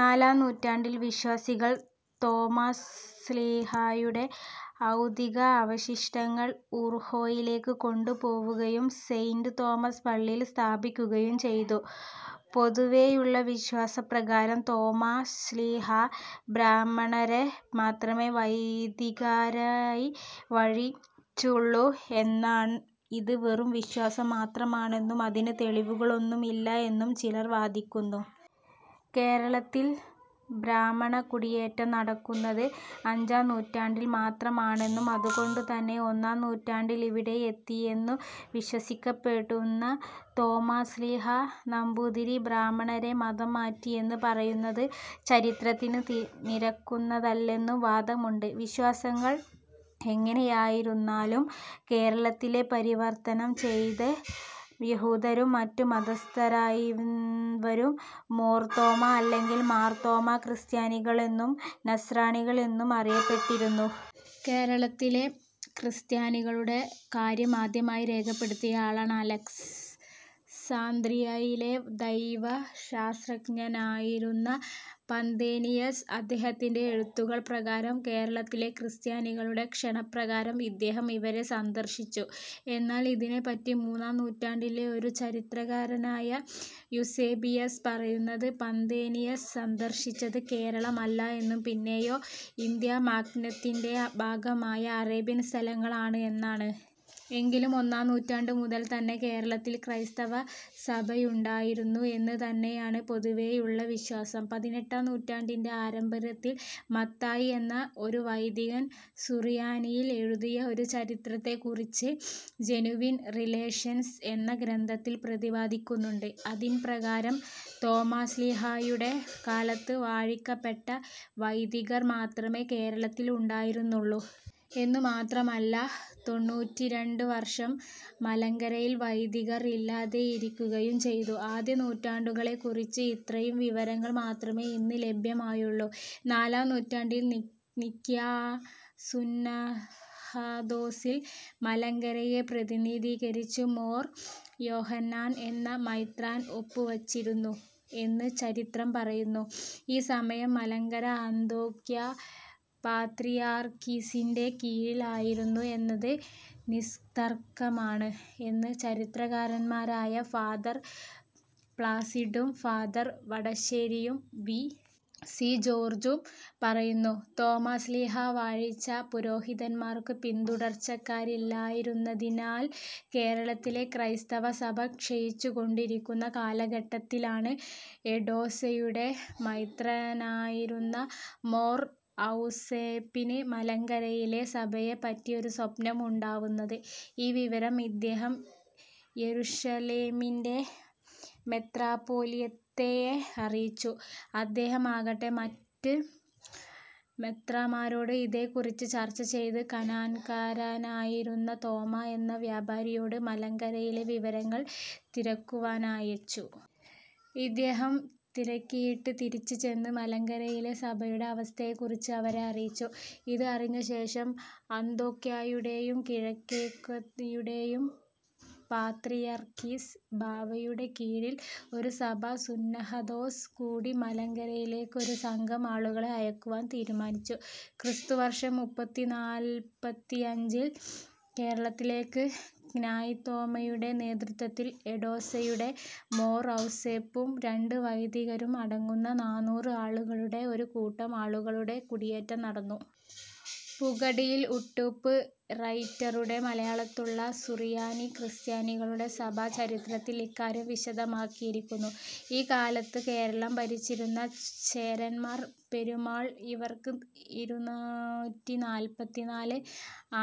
നാലാം നൂറ്റാണ്ടിൽ വിശ്വാസികൾ തോമാ ശ്ലീഹായുടെ ഔതിക അവശിഷ്ടങ്ങൾ ഉർഹോയിലേക്ക് കൊണ്ടുപോവുകയും സെയ്ൻ്റ് തോമസ് പള്ളിയിൽ സ്ഥാപിക്കുകയും ചെയ്തു. പൊതുവേയുള്ള വിശ്വാസപ്രകാരം തോമാ ശ്ലീഹാ ബ്രാഹ്മണരെ മാത്രമെ വൈദികാരായി വഴിച്ചുള്ളു, എന്നാൽ ഇത് വെറും വിശ്വാസം മാത്രമാണെന്നും അതിന് തെളിവുകളൊന്നും ഇല്ല എന്നും ചിലർ വാദിക്കുന്നു. കേരളത്തിൽ ബ്രാഹ്മണകുടിയേറ്റം നടക്കുന്നത് അഞ്ചാംനൂറ്റാണ്ടിൽ മാത്രമാണെന്നും അതുകൊണ്ടുതന്നെ ഒന്നാംനൂറ്റാണ്ടിൽ ഇവിടെയെത്തിയെന്നു വിശ്വസിക്കപ്പെടുന്ന തോമാശ്ലീഹ നമ്പൂതിരി ബ്രാഹ്മണരെ മതംമാറ്റിയെന്ന് പറയുന്നത് ചരിത്രത്തിനു നിരക്കുന്നതല്ലെന്നും വാദമുണ്ട്. വിശ്വാസങ്ങൾ എങ്ങനെയായിരുന്നാലും കേരളത്തിലെ പരിവർത്തനം ചെയ്ത യഹൂദരും മറ്റ് മതസ്ഥരായിരുന്നവരും മോർ തോമാ അല്ലെങ്കിൽ മാർ തോമാ ക്രിസ്ത്യാനികളെന്നും നസ്രാണികൾ എന്നും അറിയപ്പെട്ടിരുന്നു. കേരളത്തിലെ ക്രിസ്ത്യാനികളുടെ കാര്യം ആദ്യമായി രേഖപ്പെടുത്തിയ ആളാണ് അലക്സാന്ത്രിയായിലെ ദൈവശാസ്ത്രജ്ഞനായിരുന്ന പന്തേനിയസ്. അദ്ദേഹത്തിൻ്റെ എഴുത്തുകൾ പ്രകാരം കേരളത്തിലെ ക്രിസ്ത്യാനികളുടെ ക്ഷണപ്രകാരം ഇദ്ദേഹം ഇവരെ സന്ദർശിച്ചു. എന്നാൽ ഇതിനേപ്പറ്റി മൂന്നാം നൂറ്റാണ്ടിലെ ഒരു ചരിത്രകാരനായ യൂസേബിയസ് പറയുന്നത് പന്തേനിയസ് സന്ദർശിച്ചത് കേരളമല്ല എന്നും പിന്നെയോ ഇന്ത്യാ മഗ്നത്തിൻ്റെ ഭാഗമായ അറേബ്യൻ സ്ഥലങ്ങൾ ആണ് എന്നാണ്. എങ്കിലും ഒന്നാം നൂറ്റാണ്ടു മുതൽ തന്നെ കേരളത്തിൽ ക്രൈസ്തവസഭയുണ്ടായിരുന്നു എന്ന് തന്നെയാണ് പൊതുവേയുള്ള വിശ്വാസം. പതിനെട്ടാം നൂറ്റാണ്ടിൻ്റെ ആരംഭരത്തിൽ മത്തായി എന്ന ഒരു വൈദികൻ സുറിയാനിയിൽ എഴുതിയ ഒരു ചരിത്രത്തെക്കുറിച്ച് "ജെനുവിൻ റിലേഷൻസ്" എന്ന ഗ്രന്ഥത്തിൽ പ്രതിപാദിക്കുന്നുണ്ട്. അതിൻപ്രകാരം തോമ്മാശ്ലീഹായുടെ കാലത്ത് വാഴിക്കപ്പെട്ട വൈദികർ മാത്രമേ കേരളത്തിൽ ഉണ്ടായിരുന്നുള്ളൂ. എന്നുമാത്രമല്ല തൊണ്ണൂറ്റിരണ്ട് വർഷം മലങ്കരയിൽ വൈദികർ ഇല്ലാതെയിരിക്കുകയും ചെയ്തു. ആദ്യ നൂറ്റാണ്ടുകളേക്കുറിച്ച് ഇത്രയും വിവരങ്ങൾ മാത്രമെ ഇന്ന് ലഭ്യമായുള്ളു. നാലാം നൂറ്റാണ്ടിൽ നിഖ്യാ സുന്നഹദോസിൽ മലങ്കരയെ പ്രതിനിധീകരിച്ച് മോർ യോഹന്നാൻ എന്ന മെത്രാൻ ഒപ്പ് വച്ചിരുന്നു എന്ന് ചരിത്രം പറയുന്നു. ഈ സമയം മലങ്കര അന്ത്യോക്യ പാത്രിയാർക്കീസിൻ്റെ കീഴിൽ ആയിരുന്നു എന്നത് നിസ്തർക്കമാണ് എന്ന് ചരിത്രകാരന്മാരായ ഫാദർ പ്ലാസിഡും, ഫാദർ വടശേരിയും വി. സി. ജോർജ്ജും പറയുന്നു. തോമാശ്ലീഹാ വാഴിച്ച പുരോഹിതന്മാർക്ക് പിന്തുടർച്ചക്കാരില്ലാതിരുന്നതിനാൽ കേരളത്തിലെ ക്രൈസ്തവ സഭ ക്ഷയിച്ചുകൊണ്ടിരിക്കുന്ന കാലഘട്ടത്തിലാണ് എഡേസയുടെ മെത്രാനായിരുന്ന മോർ യൗസേപ്പിന് മലങ്കരയിലെ സഭയെപ്പറ്റി ഒരു സ്വപ്നം ഉണ്ടാവുന്നത്. ഈ വിവരം ഇദ്ദേഹം യെരുശലേമിൻ്റെ മെത്രാപ്പൊലീത്തയെ അറിയിച്ചു. അദ്ദേഹമാകട്ടെ മറ്റ് മെത്രാന്മാരോട് ഇതേക്കുറിച്ച് ചർച്ച ചെയ്ത് കനാൻകാരനായിരുന്ന തോമ എന്ന വ്യാപാരിയോട് മലങ്കരയിലെ വിവരങ്ങൾ തിരക്കുവാനയച്ചു. ഇദ്ദേഹം തിരക്കിയിട്ട് തിരിച്ച് ചെന്ന് മലങ്കരയിലെ സഭയുടെ അവസ്ഥയെക്കുറിച്ച് അവരെ അറിയിച്ചു. ഇത് അറിഞ്ഞ ശേഷം അന്ത്യോക്യായുടേയും കിഴക്കൊക്കെയുടേയും പാത്രിയർക്കീസ് ബാവയുടെ കീഴിൽ ഒരു സഭാ സുന്നഹദോസ് കൂടി, മലങ്കരയിലേക്ക് ഒരു സംഘം ആളുകളെ അയക്കുവാൻ തീരുമാനിച്ചു. ക്രിസ്തു വർഷം മുപ്പത്തി നാല്പത്തിഅഞ്ചിൽ കേരളത്തിലേക്ക് ക്നായിത്തോമയുടെ നേതൃത്വത്തിൽ എഡോസയുടെ മോർ യൗസേപ്പും രണ്ട് വൈദികരും അടങ്ങുന്ന നാനൂറ് ആളുകളുടെ ഒരു കൂട്ടം ആളുകളുടെ കുടിയേറ്റം നടന്നു. പുകടിയിൽ ഉട്ടൂപ്പ് റൈറ്ററുടെ മലയാളത്തുള്ള സുറിയാനി ക്രിസ്ത്യാനികളുടെ സഭാ ചരിത്രത്തിൽ ഇക്കാര്യം വിശദമാക്കിയിരിക്കുന്നു. ഈ കാലത്ത് കേരളം ഭരിച്ചിരുന്ന ചേരമാൻ പെരുമാൾ ഇവർക്ക് ഇരുന്നൂറ്റിനാല്പത്തിനാല്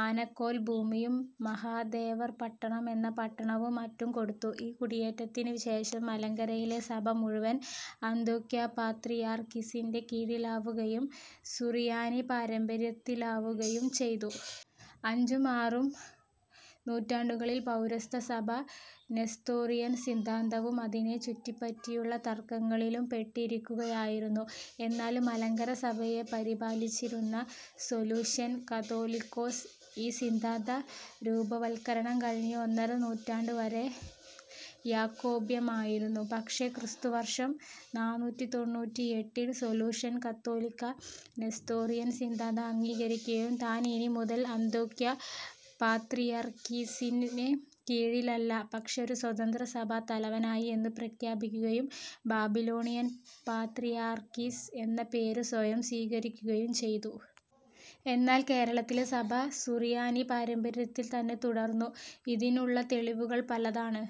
ആനക്കോൽ ഭൂമിയും മഹാദേവർപട്ടണം എന്ന പട്ടണവും മറ്റും കൊടുത്തു. ഈ കുടിയേറ്റത്തിന് ശേഷം മലങ്കരയിലെ സഭ മുഴുവൻ അന്ത്യോക്യ പാത്രിയാർക്കിസിൻ്റെ കീഴിലാവുകയും സുറിയാനി പാരമ്പര്യംത്തിലാവുകയും ചെയ്തു. അഞ്ചും ആറും നൂറ്റാണ്ടുകളിൽ പൗരസ്ത്യ സഭ നെസ്തോറിയൻ സിദ്ധാന്തവും അതിനെ ചുറ്റിപ്പറ്റിയുള്ള തർക്കങ്ങളിലും പെട്ടിരിക്കുകയായിരുന്നു. എന്നാലും മലങ്കര സഭയെ പരിപാലിച്ചിരുന്ന സൊലൂഷ്യൻ കാതോലിക്കോസ് ഈ സിദ്ധാന്ത രൂപവത്കരണം കഴിഞ്ഞ് ഒന്നര നൂറ്റാണ്ട് വരെ യാക്കോബ്യമായിരുന്നു. പക്ഷെ ക്രിസ്തു വർഷം നാനൂറ്റിതൊണ്ണൂറ്റിഎട്ടിൽ സൊലൂഷ്യൻ കതോലിക്ക നെസ്തോറിയൻ സിദ്ധാന്തം അംഗീകരിക്കുകയും താൻ ഇനി മുതൽ അന്ത്യോക്യ പാത്രിയർക്കീസിന് കീഴിലല്ല, പക്ഷെ ഒരു സ്വതന്ത്ര സഭാ തലവനാണ് എന്നു പ്രഖ്യാപിക്കുകയും ബാബിലോണിയൻ പാത്രിയർക്കീസ് എന്ന പേര് സ്വയം സ്വീകരിക്കുകയും ചെയ്തു. എന്നാൽ കേരളത്തിലെ സഭ സുറിയാനി പാരമ്പര്യത്തിൽ തന്നെ തുടർന്നു. ഇതിനുള്ള തെളിവുകൾ പലതാണ്.